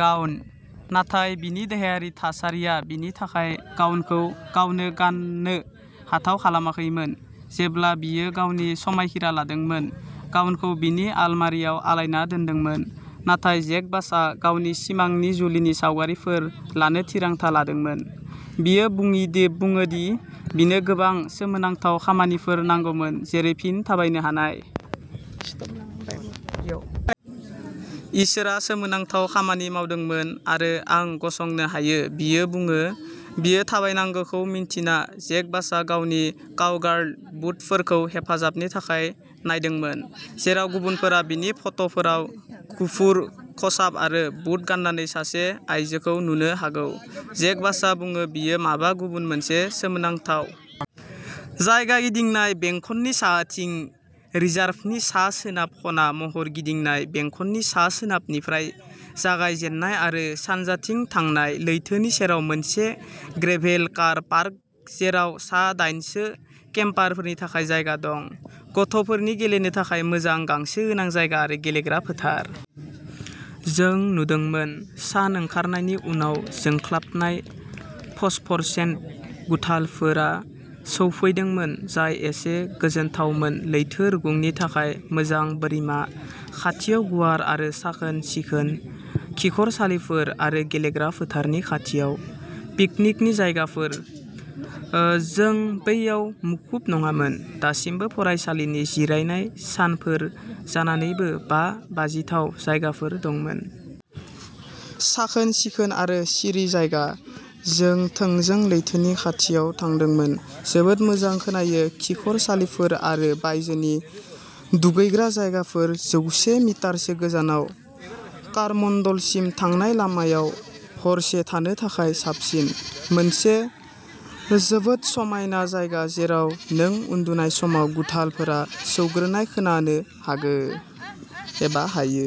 Gown, नाथाय बिनि देहायारि थासारिया बिनि थाखाय गाउनखौ गावनो गाननो हाथाव खालामाखैमोन। जेब्ला बियो गावनि समायखिरा लादोंमोन, गाउनखौ बिनि आलमारिआव आलायना दोनदोंमोन। नाथाय जेकबासआ गावनि सिमांनि जुलिनि सावगारिफोर लानो थिरांथा लादोंमोन। बियो बुङे दि बुङो दि बिनो गोबां सोमोनांथाव खामानिफोर नांगौमोन जेरै फिन थाबायनो हानाय। इसोरआ सोमोनांथाव खामानि मावदोंमोन आरो आं गसंनो हायो बियो बुङो। बियो थाबायनांगौखौ मिन्थिना, जेकबासआ गावनि काउगार्ल बुटफोरखौ हेफाजाबनि थाखाय नायदोंमोन। जेराव गुबुनफोरा बिनि फट'फोराव गुफुर खसाब आरो बुट गाननाय सासे आयजोखौ नुनो हागौ, जेकबासआ बुङो बियो माबा गुबुन मोनसे सोमोनांथाव। जायगा-गिदिंनाय बेंखननि साहाथिं रिजार्भनि सा-सोनाब खना। महर-गिदिंनाय बेंखननि सा-सोनाबनिफ्राय जागायजेननाय आरो सानजाथिं थांनाय। लैथोनि सेराव मोनसे ग्रेभेल कार पार्क, जेराव सा-दाइनसो केम्पारफोरनि थाखाय जायगा दं। गथ'फोरनि गेलेनो थाखाय मोजां गांसो गोनां जायगा आरो गेलेग्रा फोथार। जों नुदोंमोन। सान ओंखारनायनि उनाव जोंख्लाबनाय फस्फरसेन्ट गुथालफोरा सौफैदोंमोन, जाय एसे गोजोनथावमोन लैथो रुगुंनि थाखाय मोजां बोरिमा, खाथियाव गुवार आरो साखोन-सिखोन खिखरसालिफोर, आरो गेलेग्रा फोथारनि खाथियाव पिकनिकनि जायगाफोर। ओ जों बैयाव मुखुब नङामोन, दासिमबो फरायसालिनि जिरायनाय सानफोर जानानैबो बा बाजिथाव जायगाफोर दंमोन। साखोन-सिखोन आरो सिरि जायगा, जों थोंजों लैथोनि खाथियाव थादोंमोन, जोबोद मोजां खोनायो! खिखरसालिफोर आरो बायजोनि दुगैग्रा जायगाफोरा जौसे मिटारसो गोजानाव, कर'मण्डलसिम थांनाय लामायाव हरसे थानो थाखाय साबसिन। मोनसे जोबोद समायना जायगा जेराव नों उन्दुनाय समाव गुथालफोरा सौग्रोनाय खोनानो हागोन एबा हायो।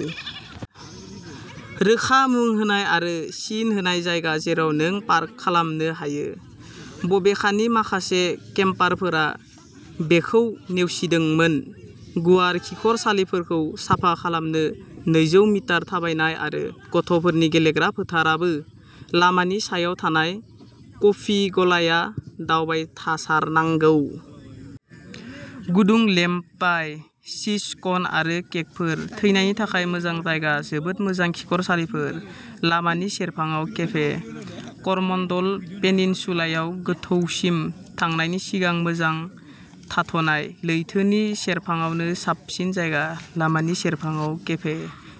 रोखा मुं होनाय आरो सिन होनाय जायगा जेराव नों पार्क खालामनो हायो, बबेखानि माखासे केम्पारफोरा बेखौ नेवसिदोंमोन। गुवार खिखरसालिफोरखौ साफा खालामनो नैजौ मिटार थाबायनाय आरो गथ'फोरनि गेलेग्रा फोथारबो। लामानि सायाव थानाय कफि गलाया दावबायथासारनांगौ। गुदुं लेम्ब पाइ, चीज स्कन आरो केकफोर। थैनायनि थाखाय मोजां जायगा। जोबोद मोजां खिखरसालिफोर, लामानि सेरफाङाव केफे। करमन्डल पेनिनसुलायाव गोथौसिम थांनायनि सिगां मोजां थाथ'नाय। लैथोनि सेरफाङावनो साबसिन जायगा। लामानि सेरफाङाव केफे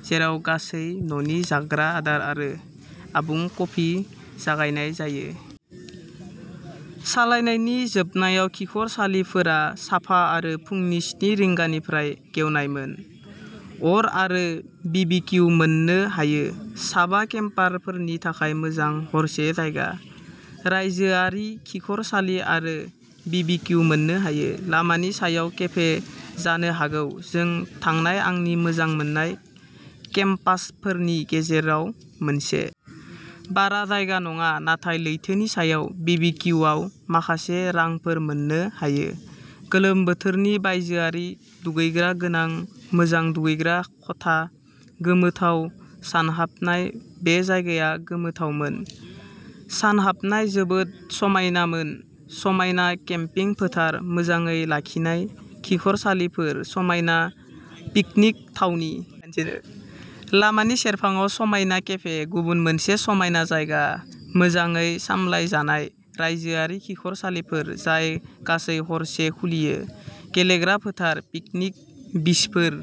जेराव गासै न'नि जाग्रा आदार आरो आबुं कफि जगायनाय जायो। सालायनायनि जोबनायाव खिखरसालिफोरा साफा आरो फुंनि स्नि रिंगानिफ्राय गेवनायमोन। अर आरो बिबिकियु मोननो हायो। सा बा केम्पारफोरनि थाखाय मोजां हरसे जायगा। रायजोआरि खिखरसालि आरो बिबिक्यु मोननो हायो। लामानि सायाव केफे। जानो हागौ जों थांनाय आंनि मोजां मोननाय केम्पसाइटफोरनि गेजेराव मोनसे। बारा जायगा नङा नाथाय लैथोनि सायाव! बिबिकियुआव माखासे रांफोर मोननो हायो। गोलोम बोथोरनि बायजोआरि दुगैग्रा गोनां मोजां दुगैग्रा खथा। गोमोथाव सानहाबनाय। बे जायगाया गोमोथावमोन, सानहाबनाया जोबोद समायनामोन। समायना केम्पिं फोथार, मोजाङै लाखिनाय खिखरसालिफोर समायना पिकनिक थावनि। लामानि सेरफाङाव समायना केफे। गुबुन मोनसे समायना जायगा। मोजाङै सामलायजानाय रायजोआरि खिखरसालिफोर जाय गासै हरसे खुलियो, गेलेग्रा फोथार, पिकनिक बिचफोर।